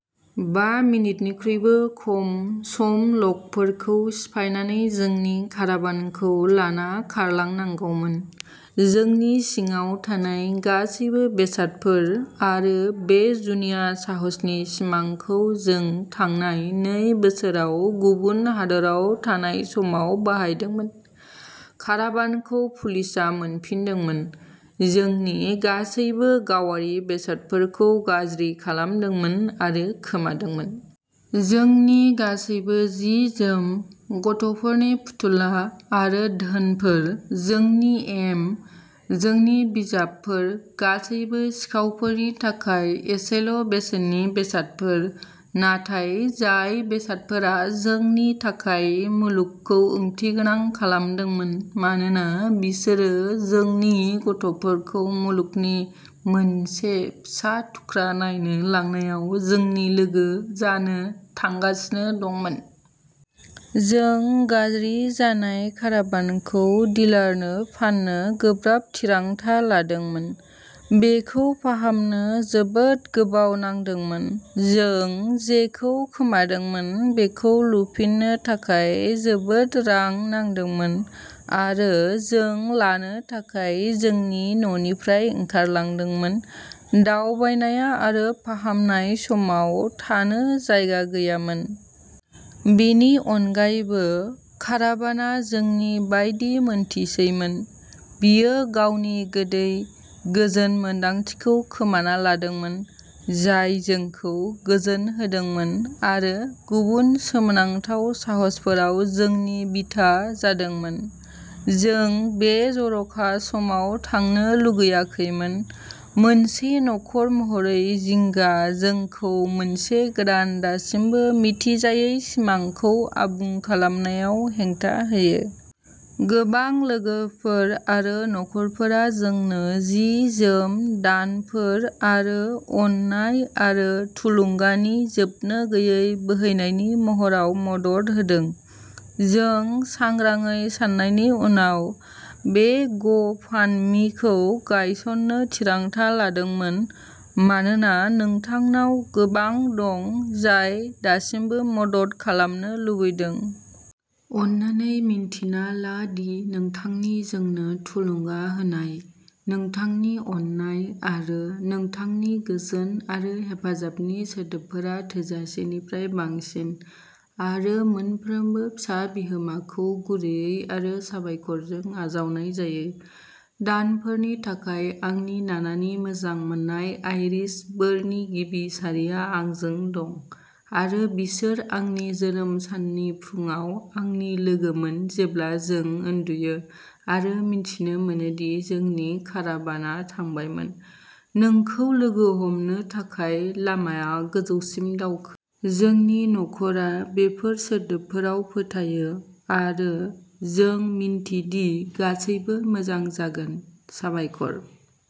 बा मिनिटनिख्रुइबो खम सम ल'कफोरखौ सिफायनानै जोंनि काराभानखौ लाना खारलांनांगौमोन, जोंनि सिङाव थानाय गासैबो बेसादफोर, आरो बे जुनिया साहसनि सिमांखौ जों थांनाय नै बोसोराव गुबुन हादोराव थानाय समाव बाहायदोंमोन। काराभानखौ पुलिसआ मोनफिनदोंमोन, जोंनि गासैबो गावारि बेसादफोरखौ गाज्रि खालामदोंमोन आरो खोमादोंमोन। जोंनि गासैबो जि जोम, गथ'फोरनि फुथुला आरो धोनफोर, जोंनि एम, जोंनि बिजाबफोर गासैबो सिखावफोरनि थाखाय एसेल' बेसेननि बेसादफोर, नाथाय जाय बेसादफोरा जोंनि थाखाय मुलुगखौ ओंथिगोनां खालामदोंमोन मानोना बिसोरो जोंनि गथ'फोरखौ मुलुगनि मोनसे फिसा थुख्रा नायनो लांनायाव जोंनि लोगो जानो थांगासिनो दंमोन। जों गाज्रि जानाय काराभानखौ डिलारनो फान्नो गोब्राब थिरांथा लादोंमोन। बेखौ फाहामनो जोबोद गोबाव नांदोंमोन, जों जेखौ खोमादोंमोन बेखौ लुफिननो थाखाय जोबोद रां नांदोंमोन, आरो जों लानो थाखाय जोंनि न'निफ्राय ओंखारलांदोंमोन। दावबायनाया आरो फाहामनाय समाव थानो जायगा गैयामोन। बेनि अनगायैबो, काराभानआ जोंनि बायदि मोनथिसैमोन। बेयो गावनि गोदै, गोजोन मोन्दांथिखौ खोमाना लादोंमोन, जाय जोंखौ गोजोन होदोंमोन आरो गुबुन सोमोनांथाव साहसफोराव जोंनि बिथा जादोंमोन। जों बे जर'खा समाव थांनो लुगैयाखैमोन, मोनसे नखर महरै जिंगा जोंखौ मोनसे गोदान दासिमबो मिथिजायै सिमांखौ आबुं खालामनायाव हेंथा होयो। गोबां लोगोफोर आरो नखरफोरा जोंनो जि जोम, दानफोर, आरो अननाय आरो थुलुंगानि जोबनो गैयै बोहैनायनि महराव मदद होदों। जों सांग्राङै साननायनि उनाव, बे ग' फान्ड मिखौ गायसन्नो थिरांथा लादोंमोन, मानोना नोंथांनाव गोबां दं जाय दासिमबो मदद खालामनो लुबैदों। अन्नानै मिन्थिना ला दि नोंथांनि जोंनो थुलुंगा होनाय, नोंथांनि अननाय, आरो नोंथांनि गोजोन आरो हेफाजाबनि सोदोबफोरा थोजासेनिफ्राय बांसिन, आरो मोनफ्रोमबो फिसा बिहोमाखौ गुरैयै आरो साबायखरजों आजावनाय जायो। दानफोरनि थाखाय आंनि नानानि मोजां मोनजानाय आइरिश बोरनि गिबि सारिआ आंजों दं, आरो बिसोर आंनि जोनोम साननि फुंआव आंनि लोगोमोन जेब्ला जों उन्दुयो आरो मिथिनो मोनो दि जोंनि काराभानआ थांबायमोनः "नोंखौ लोगो हमनो थाखाय लामाआ गोजौसिम दावखो।" जोंनि नखरा बेफोर सोदोबफोराव फोथायो, आरो जों मिन्थिदि गासैबो मोजां जागोन। साबायखर।